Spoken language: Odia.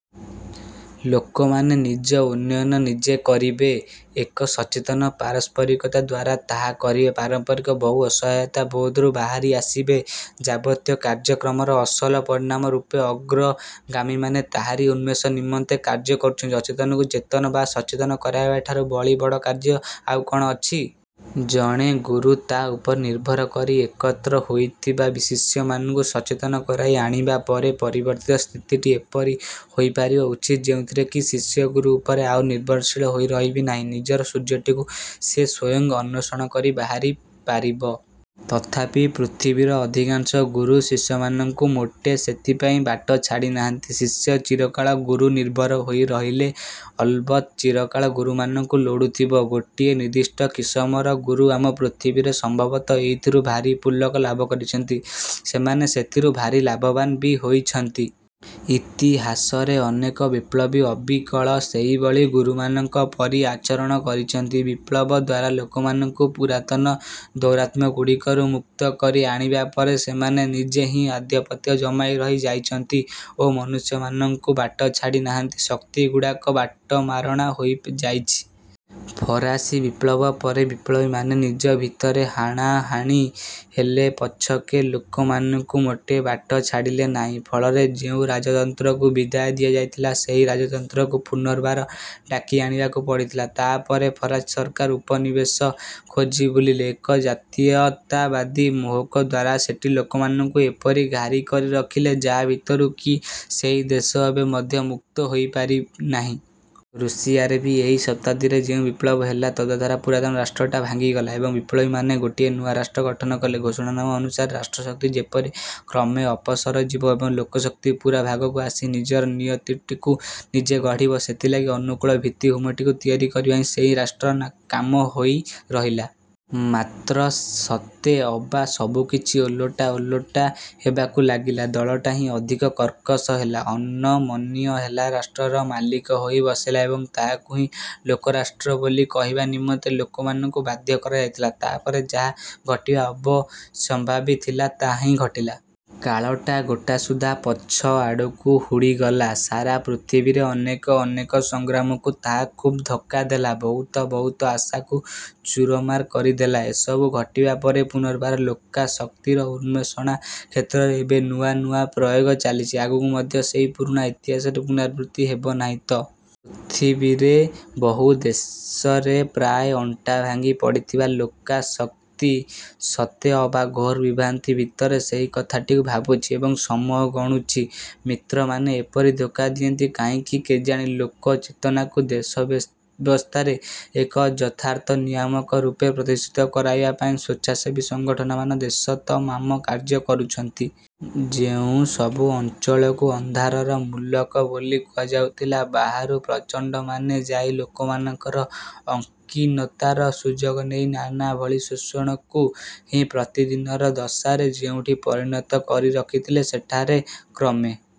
ଲୋକମାନେ ନିଜ ଉନ୍ନୟନ ନିଜେ କରିବେ। ଏକ ସଚେତନ ପାରସ୍ପରିକତା ଦ୍ୱାରା ତାହା କରିବେ। ପାରମ୍ପରିକ ବହୁ ଅସହାୟତା ବୋଧରୁ ବାହାରି ଆସିବେ। ଯାବତୀୟ କାର୍ଯ୍ୟକ୍ରମର ଅସଲ ପରିଣାମ ରୂପେ ଅଗ୍ରଗାମୀମାନେ ତାହାରି ଉନ୍ମେଷ ନିମନ୍ତେ କାର୍ଯ୍ୟ କରୁଛନ୍ତି। ଅଚେତନକୁ ଚେତନ ବା ସଚେତ କରାଇବା ଠାରୁ ବଳି ବଡ଼ କାର୍ଯ୍ୟ ଆଉ କଣ ଅଛି? ଜଣେ ଗୁରୁ ତା ଉପରେ ନିର୍ଭର କରି ଏକତ୍ର ହୋଇଥିବା ଶିଷ୍ୟମାନଙ୍କୁ ସଚେତନ କରାଇ ଆଣିବା ପରେ ପରିବର୍ତ୍ତିତ ସ୍ଥିତିଟି ଏପରି ହୋଇପାରିବା ଉଚିତ ଯେଉଁଥିରେ କି ଶିଷ୍ୟ ଗୁରୁ ଉପରେ ଆଉ ନିର୍ଭରଶୀଳ ହୋଇ ରହିବ ନାହିଁ ନିଜର ସୂର୍ଯ୍ୟଟିକୁ ସିଏ ସ୍ୱୟଂ ଅନ୍ୱେଷଣ କରି ବାହାରି ପାରିବ। ତଥାପି ପୃଥିବୀର ଅଧିକାଂଶ ଗୁରୁ ଶିଷ୍ୟମାନଙ୍କୁ ମୋଟେ ସେଥିପାଇଁ ବାଟ ଛାଡ଼ି ନାହାନ୍ତି। ଶିଷ୍ୟ ଚିରକାଳ ଗୁରୁନିର୍ଭର ହୋଇ ରହିଲେ ଅଲବତ ଚିରକାଳ ଗୁରୁମାନଙ୍କୁ ଲୋଡୁଥିବ। ଗୋଟିଏ ନିର୍ଦ୍ଧିଷ୍ଟ କିସମର ଗୁରୁ ଆମ ପୃଥିବୀରେ ସମ୍ଭବତଃ ଏଇଥିରୁ ଭାରି ପୁଲକ ଲାଭ କରିଛନ୍ତି। ସେମାନେ ସେଥିରୁ ଭାରି ଲାଭବାନ ବି ହୋଇଛନ୍ତି। ଇତିହାସରେ ଅନେକ ବିପ୍ଳବୀ ଅବିକଳ ସେହିଭଳି ଗୁରୁମାନଙ୍କ ପରି ଆଚରଣ କରିଛନ୍ତି। ବିପ୍ଳବ ଦ୍ୱାରା ଲୋକମାନଙ୍କୁ ପୁରାତନ ଦୌରାତ୍ମ୍ୟଗୁଡ଼ିକରୁ ମୁକ୍ତ କରି ଆଣିବା ପରେ ସେମାନେ ନିଜେ ହିଁ ଆଧିପତ୍ୟ ଜମାଇ ରହି ଯାଇଛନ୍ତି ଓ ମନୁଷ୍ୟମାନଙ୍କୁ ବାଟ ଛାଡ଼ି ନାହାନ୍ତି। ଶକ୍ତିଗୁଡ଼ାକ ବାଟମାରଣା ହୋଇଯାଇଛି। ଫରାସୀ ବିପ୍ଳବ ପରେ ବିପ୍ଳବୀମାନେ ନିଜ ଭିତରେ ହାଣାହାଣି ହେଲେ ପଛକେ ଲୋକମାନଙ୍କୁ ମୋଟେ ବାଟ ଛାଡ଼ିଲେ ନାହିଁ। ଫଳରେ ଯେଉଁ ରାଜତନ୍ତ୍ରକୁ ବିଦାୟ ଦିଆଯାଇଥିଲା ସେହି ରାଜତନ୍ତ୍ରକୁ ପୂନର୍ବାର ଡାକି ଆଣିବାକୁ ପଡ଼ିଥିଲା। ତାପରେ ଫରାସୀ ସରକାର ଉପନିବେଶ ଖୋଜି ବୁଲିଲେ ଏକ ଜାତୀୟତାବାଦୀ ମୋହକ ଦ୍ୱାରା ସେଠି ଲୋକମାନଙ୍କୁ ଏପରି ଘାରି କରି ରଖିଲେ ଯାହା ଭିତରୁ କି ସେହି ଦେଶ ଏବେ ମଧ୍ୟ ମୁକ୍ତ ହୋଇ ପାରିନାହିଁ। ରୁଷିଆରେ ବି ଏହି ଶତାବ୍ଦୀରେ ଯେଉଁ ବିପ୍ଳବ ହେଲା ତଦ୍ଦ୍ୱାରା ପୁରାତନ ରାଷ୍ଟ୍ରଟା ଭାଙ୍ଗିଗଲା ଏବଂ ବିପ୍ଲବୀମାନେ ଗୋଟିଏ ନୂଆ ରାଷ୍ଟ୍ର ଗଠନ କଲେ। ଘୋଷଣାନାମା ଅନୁସାରେ ରାଷ୍ଟ୍ରଶକ୍ତି ଯେପରି କ୍ରମେ ଅପସରିଯିବ ଏବଂ ଲୋକଶକ୍ତି ପୁରୋଭାଗକୁ ଆସି ନିଜର ନିୟତିଟିକୁ ନିଜେ ଗଢିବ ସେଥିଲାଗି ଅନୁକୂଳ ଭିତ୍ତିଭୂମିଟିକୁ ତିଆରି କରିବା ହିଁ ସେହି ରାଷ୍ଟ୍ରର କାମ ହୋଇ ରହିଲା। ମାତ୍ର ସତେ ଅବା ସବୁକିଛି ଓଲଟା ଓଲଟା ହେବାକୁ ଲାଗିଲା ଦଳଟା ହିଁ ଅଧିକ କର୍କଶ ହେଲା। ଅନମନୀୟ ହେଲା ରାଷ୍ଟ୍ରର ମାଲିକ ହୋଇ ବସିଲା ଏବଂ ତାହାକୁ ହିଁ ଲୋକରାଷ୍ଟ୍ର ବୋଲି କହିବା ନିମନ୍ତେ ଲୋକମାନଙ୍କୁ ବାଧ୍ୟ କରାଯାଇଥିଲା। ତାପରେ ଯାହା ଘଟିବା ଅବଶ୍ୟମ୍ଭାବୀ ଥିଲା ତାହାହିଁ ଘଟିଲା। କାଳଟା ଗୋଟାସୁଦ୍ଧା ପଛ ଆଡ଼କୁ ହୁଡ଼ିଗଲା। ସାରା ପୃଥିବୀରେ ଅନେକ ଅନେକ ସଂଗ୍ରାମକୁ ତାହା ଖୁବ୍ ଧକ୍କା ଦେଲା। ବହୁତ ବହୁତ ଆଶାକୁ ଚୁରମାର କରିଦେଲା। ଏସବୁ ଘଟିବା ପରେ ପୁନର୍ବାର ଲୋକାଶକ୍ତିର ଉନ୍ମେଷଣା କ୍ଷେତ୍ରରେ ଏବେ ନୂଆ ନୂଆ ପ୍ରୟୋଗ ଚାଲିଛି। ଆଗକୁ ମଧ୍ୟ ସେହି ପୁରୁଣା ଇତିହାସର ପୁନରାବୃତ୍ତି ହେବନାହିଁ ତ? ପୃଥିବୀରେ ବହୁ ଦେଶରେ ପ୍ରାୟ ଅଣ୍ଟା ଭାଙ୍ଗି ପଡ଼ିଥିବା ଲୋକାଶକ୍ତି ସତେଅବା ଘୋର ବିଭ୍ରାନ୍ତି ଭିତରେ ସେହି କଥାଟିକୁ ଭାବୁଛି ଏବଂ ସମୟ ଗଣୁଛି। ମିତ୍ରମାନେ ଏପରି ଧୋକା ଦିଅନ୍ତି କାହିଁକି କେଜାଣି? ଲୋକଚେତନାକୁ ଦେଶ ବ୍ୟବସ୍ଥାର ଏକ ଯଥାର୍ଥ ନିୟାମକ ରୂପେ ପ୍ରତିଷ୍ଠିତ କରାଇବା ପାଇଁ ସ୍ୱେଚ୍ଛାସେବୀ ସଂଗଠନମାନେ ଦେଶତମାମ କାର୍ଯ୍ୟ କରୁଛନ୍ତି। ଯେଉଁସବୁ ଅଂଚଳକୁ ଅନ୍ଧାରର ମୂଲକ ବୋଲି କୁହାଯାଉଥିଲା ବାହାରୁ ପ୍ରଚଣ୍ଡ ମାନେ ଯାଇ ଲୋକମାନଙ୍କର ଅକିନତାର ସୁଯୋଗ ନେଇ ନାନାଭଳି ଶୋଷଣକୁ ହିଁ ପ୍ରତିଦିନର ଦଶାରେ ଯେଉଁଠି ପରିଣତ କରି ରଖିଥିଲେ ସେଠାରେ କ୍ରମେ-